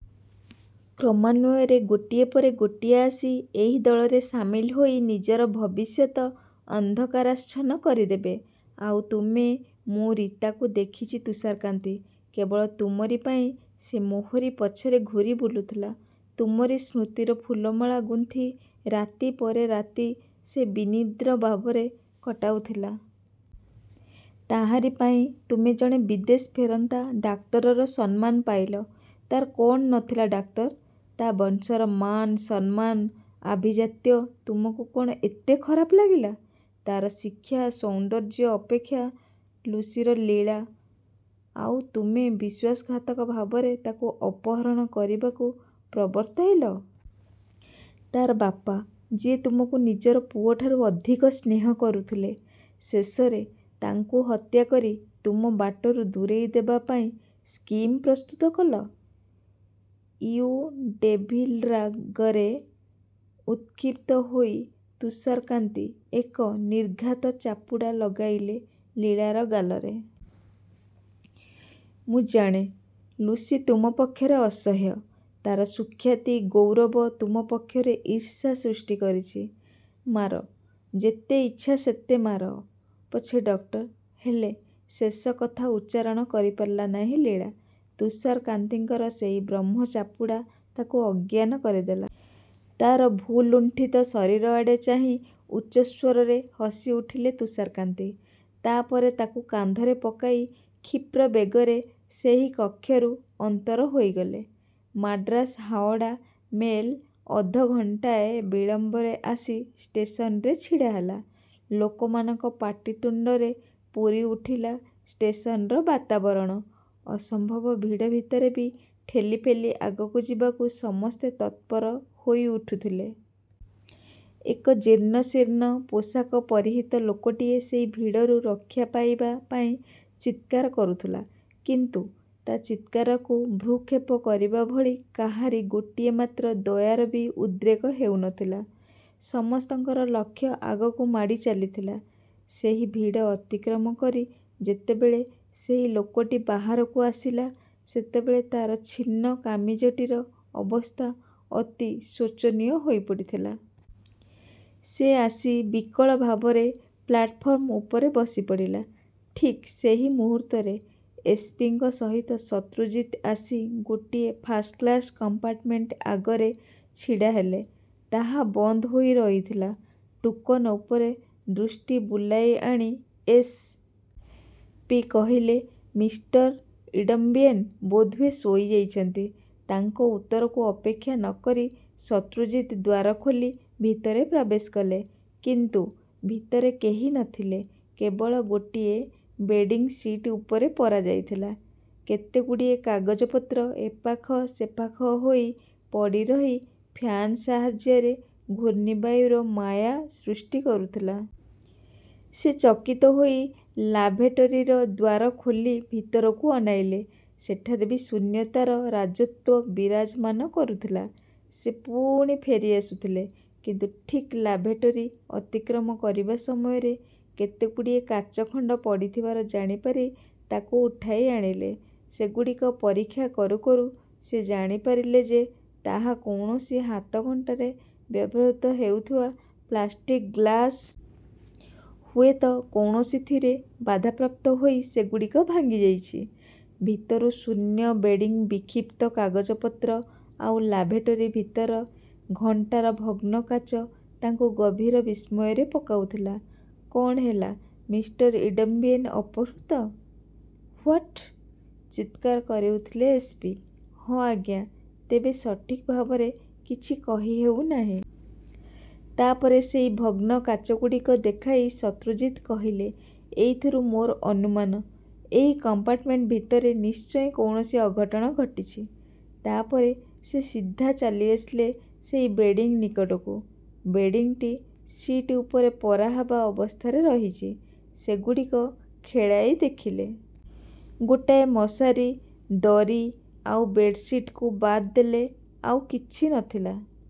କ୍ରମାନ୍ୱୟରେ ଗୋଟିଏ ପରେ ଗୋଟିଏ ଆସି ଏହି ଦଳରେ ସାମିଲ ହୋଇ ନିଜର ଭବିଷ୍ୟତ ଅନ୍ଧକାରାଚ୍ଛନ୍ନ କରିଦେବେ। ଆଉ ତୁମେ ମୁଁ ରୀତାକୁ ଦେଖିଛି ତୁଷାରକାନ୍ତି। କେବଳ ତୁମରି ପାଇଁ ସେ ମୋହରି ପଛରେ ଘୂରି ବୁଲୁଥିଲା। ତୁମରି ସ୍ମୃତିର ଫୁଲମାଳା ଗୁନ୍ଥି ରାତି ପରେ ରାତି ସେ ବିନିଦ୍ର ଭାବରେ କଟାଉଥିଲା। ତାହାରି ପାଇଁ ତୁମେ ଜଣେ ବିଦେଶ ଫେରନ୍ତା ଡାକ୍ତରର ସମ୍ମାନ ପାଇଲ। ତାର କ'ଣ ନଥିଲା, ଡାକ୍ତର! ତା ବଂଶର ମାନସମ୍ମାନ, ଆଭିଜାତ୍ୟ ତୁମକୁ କଣ ଏତେ ଖରାପ ଲାଗିଲା? ତାର ଶିକ୍ଷା, ସୌନ୍ଦର୍ଯ୍ୟ ଅପେକ୍ଷା ଲୁସିର ଲୀଳା! ଆଉ ତୁମେ ବିଶ୍ୱାସଘାତକ ଭାବରେ ତାକୁ ଅପହରଣ କରିବାକୁ ପ୍ରବର୍ତ୍ତାଇଲ। ତାର ବାପା ଯିଏ ତୁମକୁ ନିଜର ପୁଅଠାରୁ ଅଧିକ ସ୍ନେହ କରୁଥିଲେ, ଶେଷରେ ତାଙ୍କୁ ହତ୍ୟା କରି ତୁମ ବାଟରୁ ଦୂରେଇ ଦେବା ପାଇଁ ସ୍କିମ୍ ପ୍ରସ୍ତୁତ କଲ। ୟୁ ଡେଭିଲ୍ରା ଗରେ ଉତ୍କ୍ଷିପ୍ତ ହୋଇ ତୁଷାରକାନ୍ତି ଏକ ନିର୍ଘାତ ଚାପୁଡ଼ା ଲଗାଇଲେ ଲୀଳାର ଗାଲରେ। ମୁଁ ଜାଣେ, ଲୁସି ତୁମ ପକ୍ଷରେ ଅସହ୍ୟ। ତାର ସୁଖ୍ୟାତି, ଗୌରବ, ତୁମ ପକ୍ଷରେ ଈର୍ଷା ସୃଷ୍ଟି କରିଛି। ମାର ଯେତେ ଇଚ୍ଛା ସେତେ ମାର ପଛେ ଡକ୍ଟର, ହେଲେ ଶେଷ କଥା ଉଚ୍ଚାରଣ କରିପାରିଲା ନାହିଁ ଲୀଳା। ତୁଷାରକାନ୍ତିଙ୍କର ସେହି ବ୍ରହ୍ମଚାପୁଡ଼ା ତାକୁ ଅଜ୍ଞାନ କରିଦେଲା। ତାର ଭୂଲୁଣ୍ଠିତ ଶରୀର ଆଡ଼େ ଚାହିଁ ଉଚ୍ଚସ୍ୱରରେ ହସିଉଠିଲେ ତୁଷାରକାନ୍ତି। ତା ପରେ ତାକୁ କାନ୍ଧରେ ପକାଇ କ୍ଷୀପ୍ର ବେଗରେ ସେହି କକ୍ଷରୁ ଅନ୍ତର ହୋଇଗଲେ। ମାଡ୍ରାସ-ହାଓଡ଼ା ମେଲ୍ ଅଧଘଣ୍ଟାଏ ବିଳମ୍ବରେ ଆସି ଷ୍ଟେସନରେ ଛିଡ଼ା ହେଲା। ଲୋକମାନଙ୍କ ପାଟିତୁଣ୍ଡରେ ପୂରିଉଠିଲା ଷ୍ଟେସନର ବାତାବରଣ। ଅସମ୍ଭବ ଭିଡ଼ ଭିତରେ ବି ଠେଲିପେଲି ଆଗକୁ ଯିବାକୁ ସମସ୍ତେ ତତ୍ପର ହୋଇଉଠୁଥିଲେ। ଏକ ଜୀର୍ଣ୍ଣଶୀର୍ଣ୍ଣ ପୋଷାକ ପରିହିତ ଲୋକଟିଏ ସେହି ଭିଡ଼ରୁ ରକ୍ଷା ପାଇବା ପାଇଁ ଚିତ୍କାର କରୁଥିଲା କିନ୍ତୁ ତା ଚିତ୍କାରକୁ ଭ୍ରୂକ୍ଷେପ କରିବା ଭଳି କାହାରି ଟିକିଏ ମାତ୍ର ଦୟାର ବି ଉଦ୍ରେକ ହେଉନଥିଲା। ସମସ୍ତଙ୍କର ଲକ୍ଷ୍ୟ ଆଗକୁ ମାଡ଼ି ଚାଲିଥିଲା। ସେହି ଭିଡ଼ ଅତିକ୍ରମ କରି ଯେତେବେଳେ ସେହି ଲୋକଟି ବାହାରକୁ ଆସିଲା, ସେତେବେଳେ ତାର ଛିନ୍ନ କାମିଜଟିର ଅବସ୍ଥା ଅତି ଶୋଚନୀୟ ହୋଇପଡ଼ିଥିଲା। ସେ ଆସି ବିକଳ ଭାବରେ ପ୍ଲାଟଫର୍ମ ଉପରେ ବସିପଡ଼ିଲା। ଠିକ୍ ସେହି ମୁହୂର୍ତ୍ତରେ ଏସ୍. ପି. ଙ୍କ ସହିତ ଶତ୍ରୁଜିତ ଆସି ଗୋଟିଏ ଫାଷ୍ଟ କ୍ଲାସ୍ କମ୍ପାର୍ଟମେଣ୍ଟ ଆଗରେ ଛିଡ଼ା ହେଲେ। ତାହା ବନ୍ଦ ହୋଇ ରହିଥିଲା। ଟୁକନ୍ ଉପରେ ଦୃଷ୍ଟି ବୁଲାଇ ଆଣି ଏସ୍. ପି. କହିଲେ, ମିଷ୍ଟର ଇଡମ୍ବିଏନ୍ ବୋଧହୁଏ ଶୋଇଯାଇଛନ୍ତି। ତାଙ୍କ ଉତ୍ତରକୁ ଅପେକ୍ଷା ନକରି ଶତ୍ରୁଜିତ ଦ୍ୱାର ଖୋଲି ଭିତରେ ପ୍ରବେଶ କଲେ; କିନ୍ତୁ ଭିତରେ କେହି ନଥିଲେ। କେବଳ ଗୋଟିଏ ବେଡିଂ ସିଟ୍ ଉପରେ ପରାଯାଇଥିଲା। କେତେଗୁଡ଼ିଏ କାଗଜପତ୍ର ଏପାଖ ସେପାଖ ହୋଇ ପଡ଼ିରହି, ଫ୍ୟାନ୍ ସାହାଯ୍ୟରେ ଘୂର୍ଣ୍ଣିବାୟୁର ମାୟା ସୃଷ୍ଟି କରୁଥିଲା। ସେ ଚକିତ ହୋଇ ଲାଭେଟରୀର ଦ୍ୱାର ଖୋଲି ଭିତରକୁ ଅନାଇଲେ। ସେଠାରେ ବି ଶୂନ୍ୟତାର ରାଜତ୍ୱ ବିରାଜମାନ କରୁଥିଲା। ସେ ପୁଣି ଫେରିଆସୁଥିଲେ; କିନ୍ତୁ ଠିକ୍ ଲାଭେଟରୀ ଅତିକ୍ରମ କରିବା ସମୟରେ କେତେଗୁଡ଼ିଏ କାଚଖଣ୍ଡ ପଡ଼ିଥିବାର ଜାଣିପାରି ତାକୁ ଉଠାଇ ଆଣିଲେ। ସେଗୁଡ଼ିକ ପରୀକ୍ଷା କରୁ କରୁ ସେ ଜାଣିପାରିଲେ ଯେ ତାହା କୌଣସି ହାତଘଣ୍ଟାରେ ବ୍ୟବହୃତ ହେଉଥିବା ପ୍ଲାଷ୍ଟିକ୍ ଗ୍ଲାସ। ହୁଏତ କୌଣସିଥିରେ ବାଧାପ୍ରାପ୍ତ ହୋଇ ସେଗୁଡ଼ିକ ଭାଙ୍ଗିଯାଇଛି। ଭିତରୁ ଶୂନ୍ୟ ବେଡିଂବିକ୍ଷିପ୍ତ କାଗଜପତ୍ର ଆଉ ଲାଭେଟରୀ ଭିତରେ ଘଣ୍ଟାର ଭଗ୍ନ କାଚ ତାଙ୍କୁ ଗଭୀର ବିସ୍ମୟରେ ପକାଉଥିଲା। କ'ଣ ହେଲା? ମିଷ୍ଟର ଇଡମ୍ବିଏନ୍ ଅପହୃତ? ହ୍ୱାଟ୍? ଚିତ୍କାର କରିଉଠିଲେ ଏସ୍. ପି.। ହଁ, ଆଜ୍ଞା। ତେବେ ସଠିକ୍ ଭାବରେ କିଛି କହିହେଉନାହିଁ। ତା ପରେ ସେହି ଭଗ୍ନ କାଚଗୁଡ଼ିକ ଦେଖାଇ ଶତ୍ରୁଜିତ କହିଲେ, ଏଇଥିରୁ ମୋର ଅନୁମାନ, ଏହି କମ୍ପାର୍ଟମେଣ୍ଟ ଭିତରେ ନିଶ୍ଚୟ କୌଣସି ଅଘଟଣ ଘଟିଛି। ତା ପରେ ସେ ସିଧା ଚାଲିଆସିଲେ ସେହି ବେଡିଂ ନିକଟକୁ। ବେଡିଂଟି ସିଟ୍ ଉପରେ ପରାହେବା ଅବସ୍ଥାରେ ରହିଛି। ସେଗୁଡ଼ିକ ଖେଳାଇ ଦେଖିଲେ। ଗୋଟାଏ ମଶାରୀ, ଦରୀ ଆଉ ବେଡ୍-ସିଟ୍‌କୁ ବାଦ ଦେଲେ ଆଉ କିଛି ନଥିଲା।